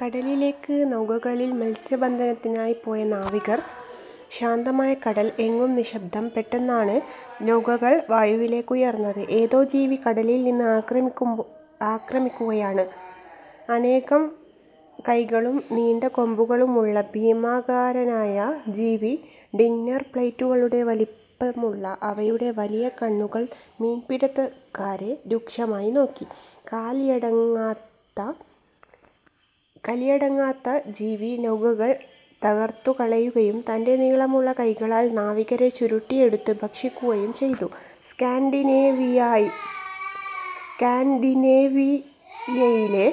കടലിലേക്ക് നൗകകളിൽ മത്സ്യബന്ധനത്തിനായി പോയ നാവികർ. ശാന്തമായ കടൽ. എങ്ങും നിശ്ശബ്ദം. പെട്ടെന്നാണ് നൗകകൾ വായുവിലേക്കുയർന്നത്. ഏതോ ജീവി കടലിൽനിന്ന് ആക്രമിക്കുകയാണ്. അനേകം കൈകളും നീണ്ട കൊമ്പുകളുമുള്ള ഭീമാകാരനായ ജീവി. ഡിന്നർ പ്ലേറ്റുകളുടെ വലിപ്പമുള്ള അവയുടെ വലിയ കണ്ണുകൾ മീൻപിടിത്തക്കാരെ രൂക്ഷമായി നോക്കി. കലിയടങ്ങാത്ത ജീവി നൗകകൾ തകർത്തുകളയുകയും തന്റെ നീളമുള്ള കൈകളാൽ നാവികരെ ചുരുട്ടിയെടുത്ത് ഭക്ഷിക്കുകയും ചെയ്തു. സ്കാൻഡിനേവിയയിലെ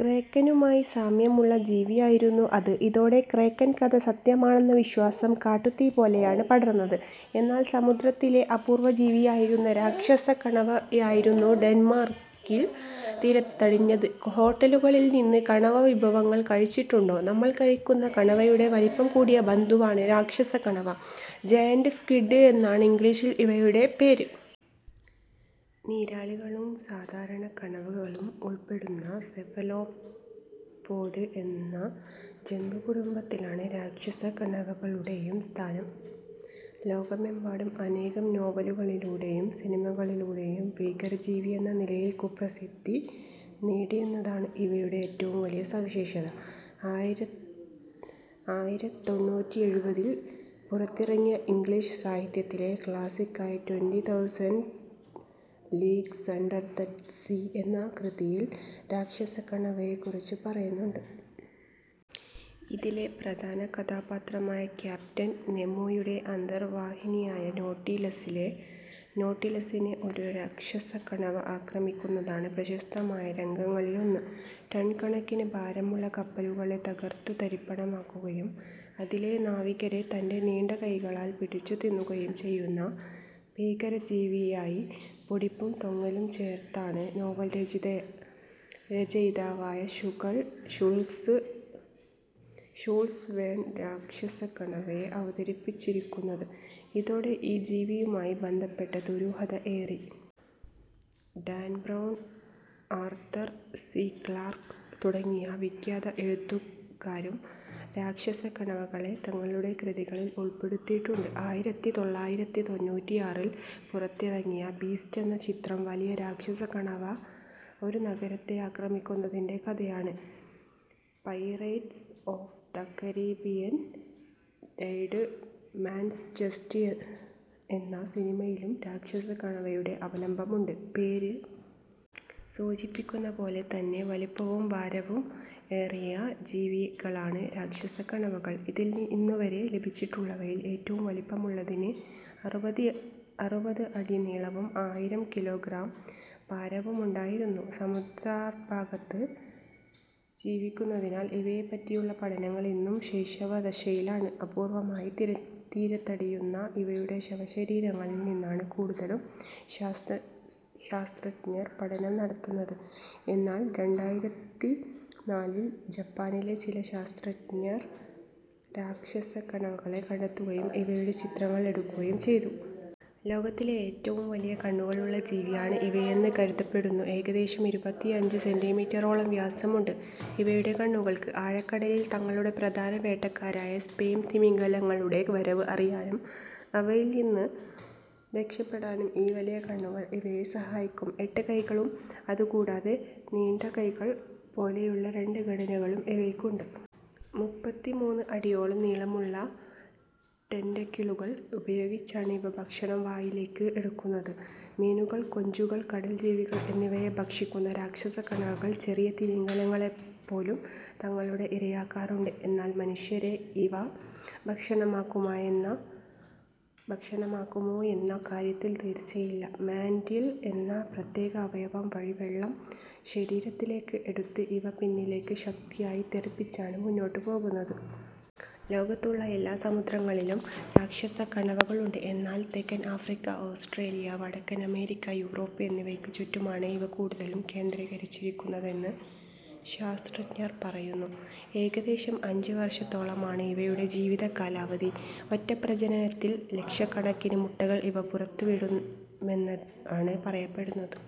ക്രേക്കനുമായി സാമ്യമുള്ള ജീവിയായിരുന്നു അത്. ഇതോടെ ക്രേക്കൻ കഥ സത്യമാണെന്ന വിശ്വാസം കാട്ടുതീ പോലെയാണ് പടർന്നത്. എന്നാൽ സമുദ്രത്തിലെ അപൂർവജീവിയായിരുന്ന രാക്ഷസക്കണവയായിരുന്നു ഡെൻമാർക്കിൽ തീരത്തടിഞ്ഞത്. ഹോട്ടലുകളിൽനിന്ന് കണവ വിഭവങ്ങൾ കഴിച്ചിട്ടുണ്ടോ. നമ്മൾ കഴിക്കുന്ന കണവയുടെ വലുപ്പം കൂടിയ ബന്ധുവാണ് രാക്ഷസക്കണവ. ജയന്റ് സ്ക്വിഡ് എന്നാണ് ഇംഗ്ലീഷിൽ ഇവയുടെ പേര്. നീരാളികളും സാധാരണ കണവകളും ഉൾപ്പെടുന്ന സെഫലോപോഡ് എന്ന ജന്തുകുടുംബത്തിലാണ് രാക്ഷസക്കണവകളുടെയും സ്ഥാനം. ലോകമെമ്പാടും അനേകം നോവലുകളിലൂടെയും സിനിമകളിലൂടെയും ഭീകരജീവിയെന്ന നിലയിൽ കുപ്രസിദ്ധി നേടിയെന്നതാണ് ഇവയുടെ ഏറ്റവും വലിയ സവിശേഷത. ആയിരത്തെണ്ണൂറ്റി എഴുപതിൽ പുറത്തിറങ്ങിയ ഇംഗ്ലീഷ് സാഹിത്യത്തിലെ ക്ലാസിക്കായ Twenty Thousand Leagues Under the Sea എന്ന കൃതിയിൽ രാക്ഷസക്കണവയെക്കുറിച്ച് പറയുന്നുണ്ട്. ഇതിലെ പ്രധാന കഥാപാത്രമായ ക്യാപ്റ്റൻ നെമോയുടെ അന്തർവാഹിനിയായ നോട്ടിലസിനെ ഒരു രാക്ഷസക്കണവ ആക്രമിക്കുന്നതാണ് പ്രശസ്തമായ രംഗങ്ങളിലൊന്ന്. ടൺകണക്കിന് ഭാരമുള്ള കപ്പലുകളെ തകർത്തുതരിപ്പണമാക്കുകയും അതിലെ നാവികരെ തന്റെ നീണ്ട കൈകളാൽ പിടിച്ചുതിന്നുകയും ചെയ്യുന്ന ഭീകരജീവിയായി പൊടിപ്പും തൊങ്ങലും ചേർത്താണ് നോവൽ രചയിതാവായ ഷൂൾസ് വേൺ രാക്ഷസക്കണവയെ അവതരിപ്പിച്ചിരിക്കുന്നത്. ഇതോടെ ഈ ജീവിയുമായി ബന്ധപ്പെട്ട ദുരൂഹത ഏറി. Dan Brown, Arthur C Clarke തുടങ്ങിയ വിഖ്യാത എഴുത്തുകാരും രാക്ഷസക്കണവകളെ തങ്ങളുടെ കൃതികളിൽ ഉൾപ്പെടുത്തിയിട്ടുണ്ട്. ആയിരത്തിത്തൊള്ളായിരത്തി തൊണ്ണൂറ്റിയാറിൽ പുറത്തിറങ്ങിയ ബീസ്റ്റ് എന്ന ചിത്രം വലിയ രാക്ഷസക്കണവ ഒരു നഗരത്തെ ആക്രമിക്കുന്നതിന്റെ കഥയാണ്. Pirates of the Caribbean Dead Man's Chest എന്ന സിനിമയിലും രാക്ഷസക്കണവയുടെ അവലംബമുണ്ട്. പേര് സൂചിപ്പിക്കുന്നതുപോലെ തന്നെ വലുപ്പവും ഭാരവും ഏറിയ ജീവികളാണ് രാക്ഷസക്കണവകൾ. ഇതിൽ ഇന്നുവരെ ലഭിച്ചിട്ടുള്ളവയിൽ ഏറ്റവും വലുപ്പമുള്ളതിന് അറുപത് അടി നീളവും ആയിരം കിലോഗ്രാം ഭാരവുമുണ്ടായിരുന്നു. സമുദ്രാന്തർഭാഗത്ത് ജീവിക്കുന്നതിനാൽ ഇവയെപ്പറ്റിയുള്ള പഠനങ്ങൾ ഇന്നും ശൈശവദശയിലാണ്. അപൂർവമായി തീരത്തടിയുന്ന ഇവയുടെ ശവശരീരങ്ങളിൽനിന്നാണ് കൂടുതലും ശാസ്ത്രജ്ഞർ പഠനം നടത്തുന്നത്. എന്നാൽ രണ്ടായിരത്തിനാലിൽ ജപ്പാനിലെ ചില ശാസ്ത്രജ്ഞർ രാക്ഷസക്കണവകളെ കണ്ടെത്തുകയും ഇവയുടെ ചിത്രങ്ങൾ എടുക്കുകയും ചെയ്തു. ലോകത്തിലെ ഏറ്റവും വലിയ കണ്ണുകളുള്ള ജീവിയാണ് ഇവയെന്ന് കരുതപ്പെടുന്നു. ഏകദേശം ഇരുപത്തിയഞ്ച് സെന്റിമീറ്ററോളം വ്യാസമുണ്ട് ഇവയുടെ കണ്ണുകൾക്ക്. ആഴക്കടലിൽ തങ്ങളുടെ പ്രധാന വേട്ടക്കാരായ സ്പേം തിമിംഗലങ്ങളുടെ വരവ് അറിയാനും അവയിൽനിന്ന് രക്ഷപ്പെടാനും ഈ വലിയ കണ്ണുകൾ ഇവയെ സഹായിക്കും. എട്ട് കൈകളും അതുകൂടാതെ നീണ്ട കൈകൾ പോലെയുള്ള രണ്ട് ഘടനകളും ഇവയ്ക്കുണ്ട്. മുപ്പത്തിമൂന്ന് അടിയോളം നീളമുള്ള ടെന്റക്കിളുകൾ ഉപയോഗിച്ചാണ് ഇവ ഭക്ഷണം വായിലേക്ക് എടുക്കുന്നത്. മീനുകൾ, കൊഞ്ചുകൾ, കടൽജീവികൾ എന്നിവയെ ഭക്ഷിക്കുന്ന രാക്ഷസക്കണവകൾ ചെറിയ തിമിംഗലങ്ങളെപ്പോലും തങ്ങളുടെ ഇരയാക്കാറുണ്ട്. എന്നാൽ മനുഷ്യരെ ഇവ ഭക്ഷണമാക്കുമോയെന്ന കാര്യത്തിൽ തീർച്ചയില്ല. മാന്റിൽ എന്ന പ്രത്യേക അവയവം വഴി വെള്ളം ശരീരത്തിലേക്ക് എടുത്ത് ഇവ പിന്നിലേക്ക് ശക്തിയായി തെറിപ്പിച്ചാണ് മുന്നോട്ടുപോകുന്നത്. ലോകത്തുള്ള എല്ലാ സമുദ്രങ്ങളിലും രാക്ഷസക്കണവകളുണ്ട്. എന്നാൽ തെക്കൻ ആഫ്രിക്ക, ഓസ്ട്രേലിയ, വടക്കൻ അമേരിക്ക, യൂറോപ്പ് എന്നിവയ്ക്കു ചുറ്റുമാണ് ഇവ കൂടുതലും കേന്ദ്രീകരിച്ചിരിക്കുന്നതെന്ന് ശാസ്ത്രജ്ഞർ പറയുന്നു. ഏകദേശം അഞ്ച് വർഷത്തോളമാണ് ഇവയുടെ ജീവിതകാലാവധി. ഒറ്റ പ്രജനനത്തിൽ ലക്ഷക്കണക്കിന് മുട്ടകൾ ഇവ പുറത്തുവിടുമെന്നാണ് പറയപ്പെടുന്നത്.